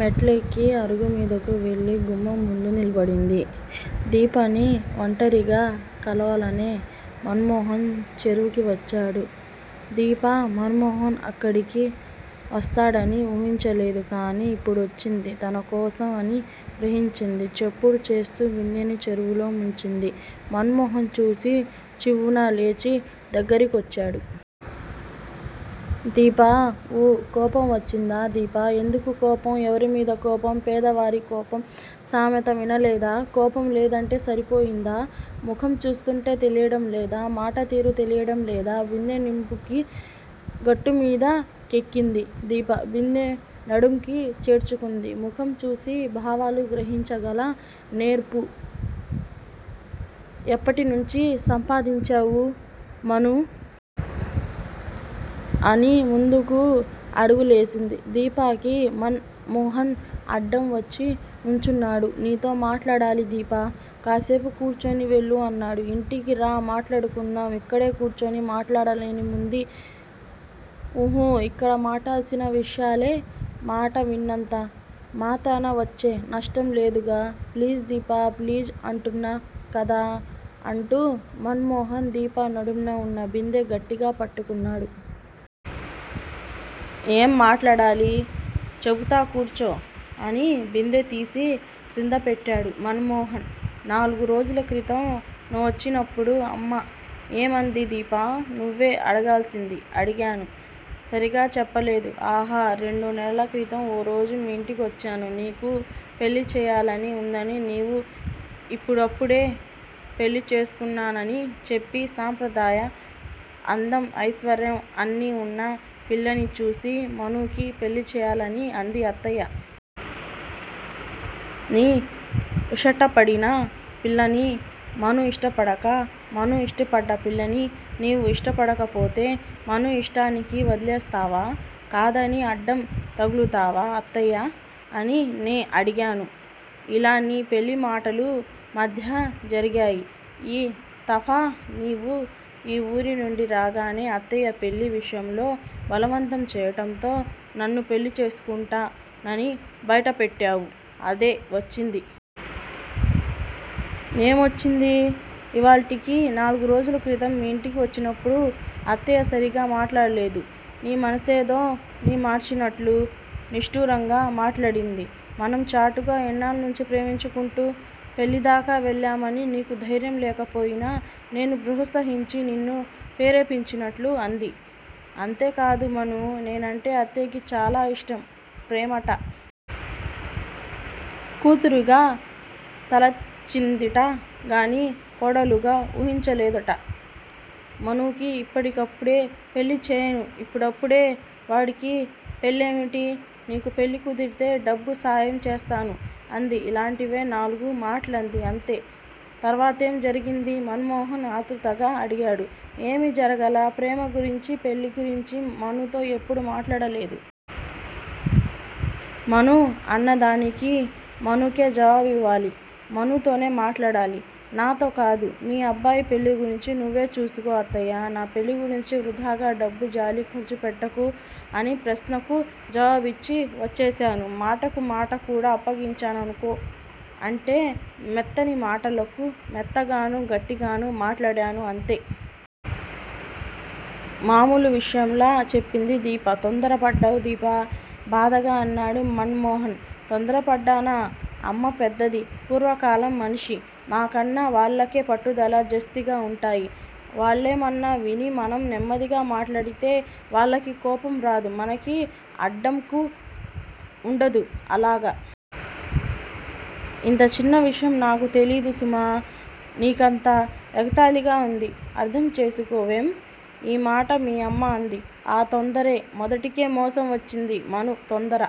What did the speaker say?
మెట్లెక్కి అరుగుమీదకు వెళ్ళి, గుమ్మం ముందు నిలబడింది. దీపని వంటరిగా కలవాలనే మన్ మోహన్ చెరువుకి వచ్చాడు. దీప మన్ మోహన్ అక్కడికి వస్తాడని ఊహించలేదు. కాని ఇప్పుడొచ్చింది. తనకోసమే అని గ్రహించింది. చప్పుడు చేస్తూ బిందెని చెరువులో ముంచింది. మన్ మోహన్ చూసి చివ్వున లేచి దగ్గరికొచ్చాడు. దీపా! ఊ కోపం వచ్చిందా దీపా? ఎందుకు కోపం! ఎవరిమీద కోపం! పేద వారికోపం సామెత వినలేదా? కోపం లేదంటే సరిపోయిందా! ముఖం చూస్తూంటే తెలియటం లేదా, మాట తీరు తెలియటం లేదా? బిందె నింపుకుని గట్టుమీద కెక్కింది దీప. బిందె నడుంకి చేర్చుకుంది. ముఖం చూసి భావాలు గ్రహించగల నేర్పు ఎప్పటినుంచి సంపాదించావు మనూ? అని ముందుకు అడుగులేసింది. దీపకి మన్ మోహన్ అడ్డం వచ్చి నుంచున్నాడు. నీతో మాట్లాడాలి దీపా! కాసేపు కూర్చుని వెళ్ళు అన్నాడు. ఇంటికి రా మాట్లాడుకుందాం. ఇక్కడే కూర్చుని మాట్లాడాలనేముంది? ఉహు, ఇక్కడ మాట్లాడాల్సిన విషయాలే. మాట విన్నంత మాత్రాన వచ్చే నష్టం లేదుగా! ప్లీజ్ దీపా, ప్లీజ్ అంటున్నాకదా అంటూ మన్ మోహన్ దీప నడుంన వున్న బిందె గట్టిగా పట్టుకున్నాడు. ఏం మాట్లాడాలి? చెపుతా కూర్చో! అని బిందె తీసి కింద పెట్టాడు మన్ మోహన్. నాలుగు రోజులక్రితం నువ్వొచ్చినప్పుడు అమ్మ ఏమంది దీపా నువ్వే అడగాల్సింది. అడిగాను. సరిగా చెప్పలేదు. ఆహా రెండు నెలల క్రితం ఓ రోజు మీ ఇంటికొచ్చాను. నీకు పెళ్ళిచేయాలని వుందని నీవు యిప్పుడప్పుడే పెళ్ళి చేసుకోనన్నానని చెప్పి, సాంప్రదాయ, అందం, ఐశ్వర్యం అన్ని ఉన్న పిల్లని చూసి మనూకి పెళ్ళిచేయాలని అంది అత్తయ్య. నీ విష్టపడిన పిల్లని మనూ ఇష్టపడక, మనూ ఇష్టపడ్డ పిల్లని నీవు ఇష్టపడకపోతే మనూ ఇష్టానికి వదిలేస్తావా? కాదని అడ్డం తగులుతావా, అత్తయ్యా! అని నే అడిగాను. ఇలా నీ పెళ్ళి మాటలు మధ్య జరిగాయి. ఈ తఫా నీవు ఊరి నుండి రాగానే అత్తయ్య పెళ్ళి విషయంలో బలవంతం చేయటంతో నన్ను పెళ్ళిచేసుకుంటా నని బైటపెట్టావు, అదే వచ్చింది. ఏమొచ్చింది? ఇవాల్టికి నాలుగు రోజుల క్రితం మీ ఇంటికి వచ్చినప్పుడు అత్తయ్య సరిగా మాట్లాడలేదు. నీ మనసేదో నే మార్చినట్లు నిష్టూరంగా మాట్లాడింది. మనం చాటుగా ఎన్నాళ్ళనుంచో ప్రేమించుకుంటూ పెళ్ళిదాకా వెళ్ళామని, నీకు ధైర్యంలేకపోయినా నేను ప్రోత్సహించి నిన్ను ప్రేరేపించినట్లు అంది. అంతేకాదు మనూ! నేనంటే అత్తయ్యకి చాలా ఇష్టం, ప్రేమట. కూతురుగా తలచిందిట గాని కోడలుగా వూహించలేదుట. మనూకి ఇప్పుడిప్పుడే పెళ్లిచేయను, ఇప్పుడప్పుడే వాడికి పెళ్లేమిటి, నీకు పెళ్ళి కుదిరితే డబ్బు సాయం చేస్తాను అంది. ఇలాంటివే నాలుగు మాటలంది అంతే. తర్వాతేం జరిగింది? మన్ మోహన్ ఆత్రుతగా అడిగాడు. ఏమి జరగలా! ప్రేమ గురించి పెళ్లి గురించి మనూతో ఎప్పుడూ మాట్లాడలేదు. మనూ అన్నదానికి మనూకే జవాబివ్వాలి. మనూతోనే మాట్లాడాలి, నాతో కాదు. మీ అబ్బాయి పెళ్ళిగురించి నువ్వు చూసుకో అత్తయ్యా! నా పెళ్ళిగురించి వృధాగా డబ్బు జాలి ఖర్చుపెట్టకు, అని ప్రశ్నకు జవాబిచ్చి వచ్చేశాను. మాటకు మాటకూడా అప్పగించాననుకో. అంటే మెత్తని మాటలకు మెత్తగాను; గట్టిగాను మాట్లాడాను అంతే. మామూలు విషయంలా చెప్పింది దీప. తొందర పడ్డావ్ దీపా! బాధగా అన్నాడు మన్ మోహన్. తొందరపడ్డానా? అమ్మ పెద్దది. పూర్వకాలం మనిషి. మకన్నా వాళ్ళకే పట్టుదల జాస్తీగా వుంటాయి. వాళ్లేమన్నా విని మనం నెమ్మదిగా మాట్లాడితే వాళ్ళకి కోపం రాదు. మనకి అడ్డంకు వుండదు. అలాగా! ఇంత చిన్న విషయం నాకు తెలియదు సుమా! నీకంతా ఎగతాళిగా వుంది అర్ధంచేసుకోవేం? ఈ మాట మీ అమ్మ అంది. ఆ తొందరే మొదటికే మోసం వచ్చేది. మనూ! తొందర